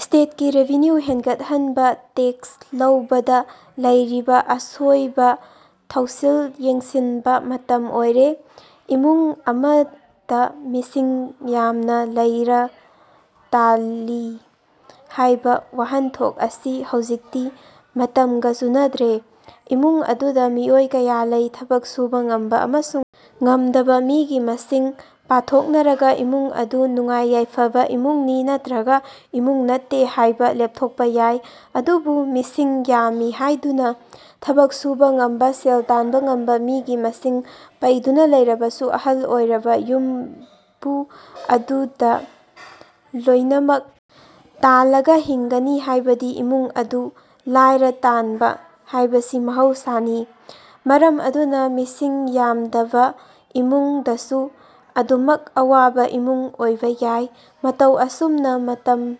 ꯁ꯭ꯇꯦꯠꯒꯤ revenue ꯍꯦꯟꯒꯠ ꯍꯟꯕ tax ꯂꯧꯕꯗ ꯂꯩꯔꯤꯕ ꯑꯁꯣꯏꯕ ꯊꯧꯁꯤꯜ ꯌꯦꯡꯁꯤꯟꯕ ꯃꯇꯝ ꯑꯣꯏꯔꯦ꯫ ꯏꯃꯨꯡ ꯑꯃꯗ ꯃꯤꯁꯤꯡ ꯌꯥꯝꯅ ꯂꯥꯏꯔ ꯇꯥꯜꯂꯤ ꯍꯥꯏꯕ ꯋꯥꯍꯟꯊꯣꯛ ꯑꯁꯤ ꯍꯧꯖꯤꯛꯇꯤ ꯃꯇꯝꯒ ꯆꯨꯅꯗ꯭ꯔꯦ꯫ ꯏꯃꯨꯡ ꯑꯗꯨꯗ ꯃꯤꯑꯣꯏ ꯀꯌꯥ ꯂꯩ, ꯊꯕꯛ ꯁꯨꯕ ꯉꯝꯕ ꯑꯃꯁꯨꯡ ꯉꯝꯗꯕ ꯃꯤꯒꯤ ꯃꯁꯤꯡ ꯄꯥꯊꯣꯛꯅꯔꯒ ꯏꯃꯨꯡ ꯑꯗꯨ ꯅꯨꯡꯉꯥꯏ-ꯌꯥꯏꯐꯕ ꯏꯃꯨꯡꯅꯤ ꯅꯠꯇ꯭ꯔꯒ ꯏꯃꯨꯡ ꯅꯠꯇꯦ ꯍꯥꯏꯕ ꯂꯦꯞꯊꯣꯛꯄ ꯌꯥꯏ꯫ ꯑꯗꯨꯕꯨ ꯃꯤꯁꯤꯡ ꯌꯥꯝꯃꯤ ꯍꯥꯏꯗꯨꯅ ꯊꯕꯛ ꯁꯨꯕ ꯉꯝꯕ, ꯁꯦꯜ ꯇꯥꯟꯕ ꯉꯝꯕ ꯃꯤꯒꯤ ꯃꯁꯤꯡ ꯄꯩꯗꯨꯅ ꯂꯩꯔꯕꯁꯨ ꯑꯍꯜ ꯑꯣꯏꯔꯕ ꯌꯨꯝꯕꯨ ꯑꯗꯨꯗ ꯂꯣꯏꯅꯃꯛ ꯇꯥꯡꯂꯒ ꯍꯤꯡꯒꯅꯤ ꯍꯥꯏꯕꯗꯤ ꯏꯃꯨꯡ ꯑꯗꯨ ꯂꯥꯏꯔ ꯇꯥꯟꯕ ꯍꯥꯏꯕꯁꯤ ꯃꯍꯧ ꯁꯥꯅꯤ꯫ ꯃꯔꯝ ꯑꯗꯨꯅ ꯃꯤꯁꯤꯡ ꯌꯥꯝꯗꯕ ꯏꯃꯨꯡ ꯗꯁꯨ ꯑꯗꯨꯃꯛ ꯑꯋꯥꯕ ꯏꯃꯨꯡ ꯑꯣꯏꯕ ꯌꯥꯏ꯫ ꯃꯇꯧ ꯑꯁꯨꯝꯅ ꯃꯇꯝ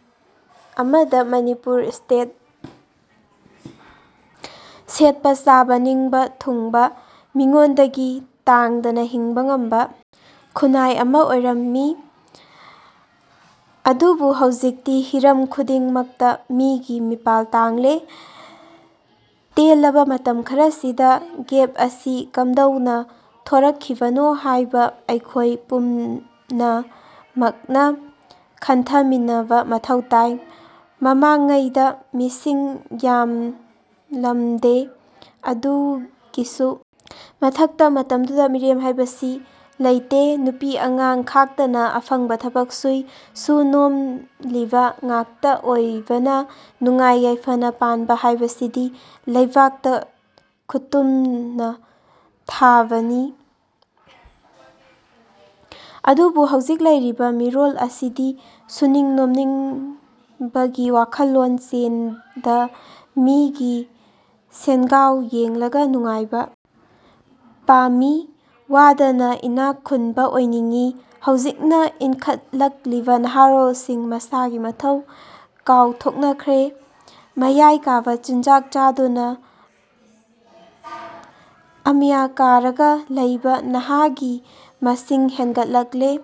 ꯑꯃꯗ ꯃꯅꯤꯄꯨꯔ ꯁꯦꯠꯄ-ꯆꯥꯕ ꯅꯤꯡꯕ ꯊꯨꯡꯕ, ꯃꯤꯉꯣꯟꯗꯒꯤ ꯇꯥꯡꯗꯅ ꯍꯤꯡꯕ ꯉꯝꯕ ꯈꯨꯟꯅꯥꯏ ꯑꯃ ꯑꯣꯏꯔꯝꯃꯤ꯫ ꯑꯗꯨꯕꯨ ꯍꯧꯖꯤꯛꯇꯤ ꯍꯤꯔꯝ ꯈꯨꯗꯤꯡ ꯃꯛꯇ ꯃꯤꯒꯤ ꯃꯤꯄꯥꯜ ꯇꯥꯡꯂꯦ꯫ ꯇꯦꯜꯂꯕ ꯃꯇꯝ ꯈꯔꯁꯤꯗ ꯒꯦꯞ ꯑꯁꯤ ꯀꯝꯗꯧꯅ ꯊꯣꯔꯛ ꯈꯤꯕꯅꯣ ꯍꯥꯏꯕ ꯑꯩꯈꯣꯏ ꯄꯨꯝꯅ ꯃꯛꯅ ꯈꯟꯊ ꯃꯤꯟꯅꯕ ꯃꯊꯧ ꯇꯥꯏ꯫ ꯃꯃꯥꯡ ꯉꯩꯗ ꯃꯤꯁꯤꯡ ꯌꯥꯝ ꯂꯝꯗꯦ, ꯃꯗꯨꯒꯤꯁꯨ ꯃꯊꯛꯇ ꯃꯇꯝꯗꯨꯗ ꯃꯤꯔꯦꯝ ꯍꯥꯏꯕꯁꯤ ꯂꯩꯇꯦ꯫ ꯅꯨꯄꯤ ꯑꯉꯥꯡ ꯈꯥꯛꯇꯅ ꯑꯐꯪꯕ ꯊꯕꯛ ꯁꯨꯏ꯫ ꯁꯨ-ꯅꯣꯃꯂꯤꯕ ꯉꯥꯛꯇ ꯑꯣꯏꯕꯅ ꯅꯨꯡꯉꯥꯏ ꯌꯥꯏꯐꯅ ꯄꯥꯟꯕ ꯍꯥꯏꯕꯁꯤꯗꯤ ꯂꯩꯕꯥꯛꯇ ꯈꯨꯠꯇꯨꯝꯅ ꯊꯥꯕꯅꯤ꯫ ꯑꯗꯨꯕꯨ ꯍꯧꯖꯤꯛ ꯂꯩꯔꯤꯕ ꯃꯤꯔꯣꯜ ꯑꯁꯤꯗꯤ ꯁꯨꯅꯤꯡ-ꯅꯣꯃꯅꯤꯡꯕꯒꯤ ꯋꯥꯈꯜꯂꯣꯟ ꯆꯦꯟꯗ, ꯃꯤꯒꯤ ꯁꯦꯟꯒꯥꯎ ꯌꯦꯡꯂꯒ ꯅꯨꯡꯉꯥꯏꯕ ꯄꯥꯝꯃꯤ꯫ ꯋꯥꯗꯅ ꯏꯅꯥꯛ ꯈꯨꯟꯕ ꯑꯣꯏꯅꯤꯡꯏ꯫ ꯍꯧꯖꯤꯛꯅ ꯏꯟꯈꯠ ꯂꯛꯂꯤꯕ ꯅꯍꯥꯔꯣꯜꯁꯤꯡ ꯃꯁꯥꯒꯤ ꯃꯊꯧ ꯀꯥꯎ ꯊꯣꯛꯅꯈ꯭ꯔꯦ꯫ ꯃꯌꯥꯏ ꯀꯥꯕ ꯆꯤꯟꯖꯥꯛ ꯆꯥꯗꯨꯅ ꯑꯃꯤꯌ ꯀꯥꯔꯒ ꯂꯩꯕ ꯅꯍꯥꯒꯤ ꯃꯁꯤꯡ ꯍꯦꯟꯒꯠ ꯂꯛꯂꯦ꯫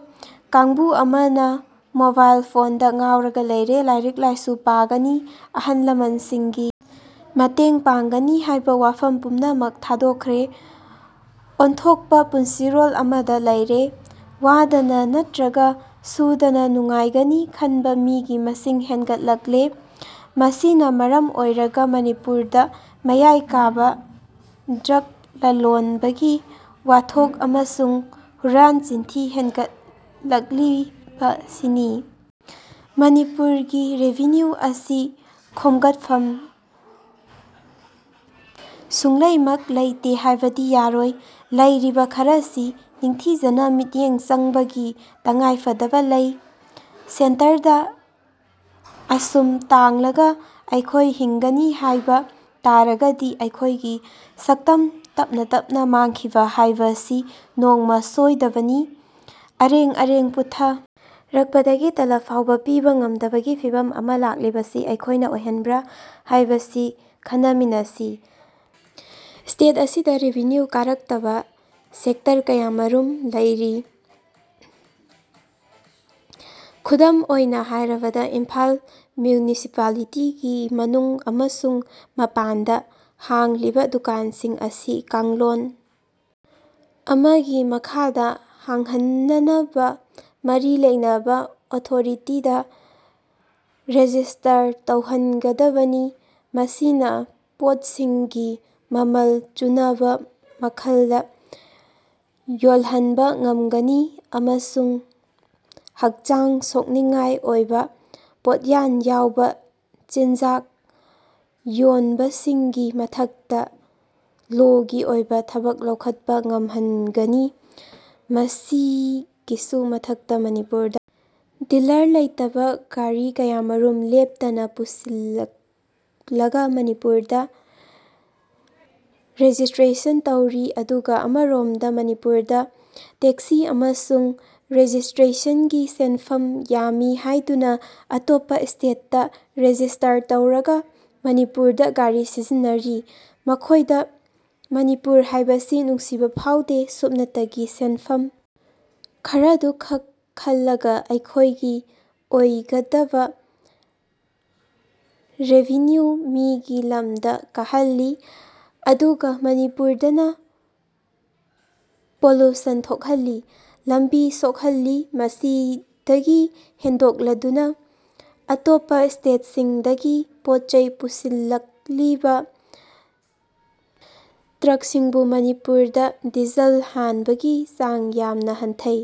ꯀꯥꯡꯕꯨ ꯑꯃꯅ ꯃꯣꯕꯥꯏꯜ ꯐꯣꯟꯗ ꯉꯥꯎꯔꯒ ꯂꯩꯔꯦ꯫ ꯂꯥꯏꯔꯤꯛ-ꯂꯥꯏꯁꯨ ꯄꯥꯒꯅꯤ, ꯑꯍꯜ-ꯂꯃꯟꯁꯤꯡꯒꯤ ꯃꯇꯦꯡ ꯄꯥꯡꯒꯅꯤ ꯍꯥꯏꯕ ꯋꯥꯐꯝ ꯄꯨꯝꯅꯃꯛ ꯊꯥꯗꯣꯛꯈ꯭ꯔꯦ꯫ ꯑꯣꯟꯊꯣꯛꯄ ꯄꯨꯟꯁꯤꯔꯣꯜ ꯑꯃꯗ ꯂꯩꯔꯦ꯫ ꯋꯥꯗꯅ ꯅꯠꯇ꯭ꯔꯒ ꯁꯨꯗꯅ ꯅꯨꯡꯉꯥꯏꯒꯅꯤ ꯈꯟꯕ ꯃꯤꯒꯤ ꯃꯁꯤꯡ ꯍꯦꯟꯒꯠ ꯂꯛꯂꯦ꯫ ꯃꯁꯤꯅ ꯃꯔꯝ ꯑꯣꯏꯔꯒ ꯃꯅꯤꯄꯨꯔꯗ ꯃꯌꯥꯏ ꯀꯥꯕ ꯗ꯭ꯔꯒ ꯂꯂꯣꯟꯕꯒꯤ ꯋꯥꯊꯣꯛ ꯑꯃꯁꯨꯡ ꯍꯨꯔꯥꯟ-ꯆꯤꯟꯊꯤ ꯍꯦꯟꯒꯠ ꯂꯛꯂꯤꯕ ꯁꯤꯅꯤ꯫ ꯃꯅꯤꯄꯨꯔꯒꯤ ꯔꯦꯚꯤꯅ꯭ꯌꯨ ꯑꯁꯤ ꯈꯣꯝꯒꯠꯐꯝ ꯁꯨꯡꯂꯩꯃꯛ ꯂꯩꯇꯦ ꯍꯥꯏꯕꯗꯤ ꯌꯥꯔꯣꯏ꯫ ꯂꯩꯔꯤꯕ ꯈꯔꯁꯤ ꯅꯤꯡꯊꯤꯅ ꯃꯤꯠꯌꯦꯡ ꯆꯪꯕꯒꯤ ꯇꯉꯥꯏ ꯐꯗꯕ ꯂꯩ꯫ ꯁꯦꯟꯇꯔꯗ ꯑꯁꯨꯝ ꯇꯥꯡꯂꯒ ꯑꯩꯈꯣꯏ ꯍꯤꯡꯒꯅꯤ ꯍꯥꯏꯕ ꯇꯥꯔꯒꯗꯤ ꯑꯩꯈꯣꯏꯒꯤ ꯁꯛꯇꯝ ꯇꯞꯅ ꯇꯞꯅ ꯃꯥꯡꯈꯤꯕ ꯍꯥꯏꯕꯁꯤ ꯅꯣꯡꯃ ꯁꯣꯏꯗꯕꯅꯤ꯫ ꯑꯔꯦꯡ-ꯑꯔꯦꯡ ꯄꯨꯠꯊ ꯔꯛꯄꯗꯒꯤ ꯇꯂꯕ ꯐꯥꯎꯕ ꯄꯤꯕ ꯉꯝꯗꯕꯒꯤ ꯐꯤꯚꯝ ꯑꯃ ꯂꯥꯛꯂꯤꯕꯁꯤ ꯑꯩꯈꯣꯏꯅ ꯑꯣꯏꯍꯟꯕ꯭ꯔ ꯍꯥꯏꯕꯁꯤ ꯈꯟꯅ ꯃꯤꯟꯅꯁꯤ꯫ ꯁ꯭ꯇꯦꯠ ꯑꯁꯤꯗ ꯔꯦꯚꯤꯅ꯭ꯌꯨ ꯀꯥꯔꯛꯇꯕ ꯁꯦꯛꯇꯔ ꯀꯌꯥꯝ ꯔꯨꯃ ꯂꯩꯔꯤ꯫ ꯈꯨꯗꯝ ꯑꯣꯏꯅ ꯍꯥꯏꯔꯕꯗ ꯏꯝꯐꯥꯜ ꯃ꯭ꯌꯨꯅꯤꯁꯤꯄꯂꯤꯇꯤꯒꯤ ꯃꯅꯨꯡ ꯑꯃꯁꯨꯡ ꯃꯄꯥꯟꯗ ꯍꯥꯡꯂꯤꯕ ꯗꯨꯀꯥꯟꯁꯤꯡ ꯑꯁꯤ ꯀꯥꯡꯂꯣꯟ ꯑꯃꯒꯤ ꯃꯈꯥꯗ ꯍꯥꯡꯍꯟꯅꯅꯕ ꯃꯔꯤ ꯂꯩꯅꯕ ꯑꯣꯊꯣꯔꯤꯇꯤꯗ ꯔꯦꯖꯤꯁꯇꯥꯔ ꯇꯧꯍꯟ ꯒꯗꯕꯅꯤ꯫ ꯃꯁꯤꯅ ꯄꯣꯠꯁꯤꯡꯒꯤ ꯃꯃꯜ ꯆꯨꯅꯕ ꯃꯈꯜꯗ ꯌꯣꯜꯍꯟꯕ ꯉꯝꯒꯅꯤ ꯑꯃꯁꯨꯡ ꯍꯛꯆꯥꯡ ꯁꯣꯛꯅꯤꯡꯉꯥꯏ ꯑꯣꯏꯕ, ꯄꯣꯠꯌꯥꯟ ꯌꯥꯎꯕ ꯆꯤꯟꯖꯥꯛ ꯌꯣꯟꯕꯁꯤꯡꯒꯤ ꯃꯊꯛꯇ ꯂꯣꯒꯤ ꯑꯣꯏꯕ ꯊꯕꯛ ꯂꯧꯈꯠꯄ ꯉꯝꯍꯟꯒꯅꯤ꯫ ꯃꯁꯤꯒꯤꯁꯨ ꯃꯊꯛꯇ ꯃꯅꯤꯄꯨꯔꯗ ꯗꯤꯜꯂꯔ ꯂꯩꯇꯕ ꯒꯥꯔꯤ ꯀꯌꯥꯃꯔꯨꯝ ꯂꯦꯞꯇꯅ ꯄꯨꯁꯤꯜ ꯂꯛꯂꯒ ꯃꯅꯤꯄꯨꯔꯗ ꯔꯦꯖꯤꯁꯇ꯭ꯔꯦꯁꯟ ꯇꯧꯔꯤ꯫ ꯑꯗꯨꯒ ꯑꯃꯔꯣꯝꯗ ꯃꯅꯤꯄꯨꯔꯗ ꯇꯦꯛꯁꯤ ꯑꯃꯁꯨꯡ ꯔꯦꯖꯤꯁꯇ꯭ꯔꯦꯁꯟꯒꯤ ꯁꯦꯟꯐꯝ ꯌꯥꯝꯃꯤ ꯍꯥꯏꯗꯨꯅ ꯑꯇꯣꯞꯄ ꯁ꯭ꯇꯦꯠꯇ ꯔꯦꯖꯤꯁꯇꯥꯔ ꯇꯧꯔꯒ ꯃꯅꯤꯄꯨꯔꯗ ꯒꯥꯔꯤ ꯁꯤꯖꯤꯟꯅꯔꯤ꯫ ꯃꯈꯣꯏꯗ ꯃꯅꯤꯄꯨꯔ ꯍꯥꯏꯕꯁꯤ ꯅꯨꯡꯁꯤꯕ ꯐꯥꯎꯗꯦ꯫ ꯁꯨꯞꯅꯇꯒꯤ ꯁꯦꯟꯐꯝ ꯈꯔꯗꯨ ꯈꯛ ꯈꯟꯂꯒ ꯑꯩꯈꯣꯏꯒꯤ ꯑꯣꯏꯒꯗꯕ ꯔꯦꯚꯤꯅ꯭ꯌꯨ ꯃꯤꯒꯤ ꯂꯝꯗ ꯀꯥꯍꯟꯂꯤ꯫ ꯑꯗꯨꯒ ꯃꯅꯤꯄꯨꯔꯗꯅ ꯄꯣꯂꯨꯁꯟ ꯊꯣꯛꯍꯟꯂꯤ, ꯂꯝꯕꯤ ꯁꯣꯛꯍꯟꯂꯤ꯫ ꯃꯁꯤꯗꯒꯤ ꯍꯦꯟꯗꯣꯛꯂꯗꯨꯅ ꯑꯇꯣꯞꯄ ꯁ꯭ꯇꯦꯠꯁꯤꯡꯗꯒꯤ ꯄꯣꯠ-ꯆꯩ ꯄꯨꯁꯤꯟ ꯂꯛꯂꯤꯕ ꯇ꯭ꯔꯛꯁꯤꯡꯕꯨ ꯃꯅꯤꯄꯨꯔꯗ ꯗꯤꯖꯜ ꯍꯥꯟꯕꯒꯤ ꯆꯥꯡ ꯌꯥꯝꯅ ꯍꯟꯊꯩ꯫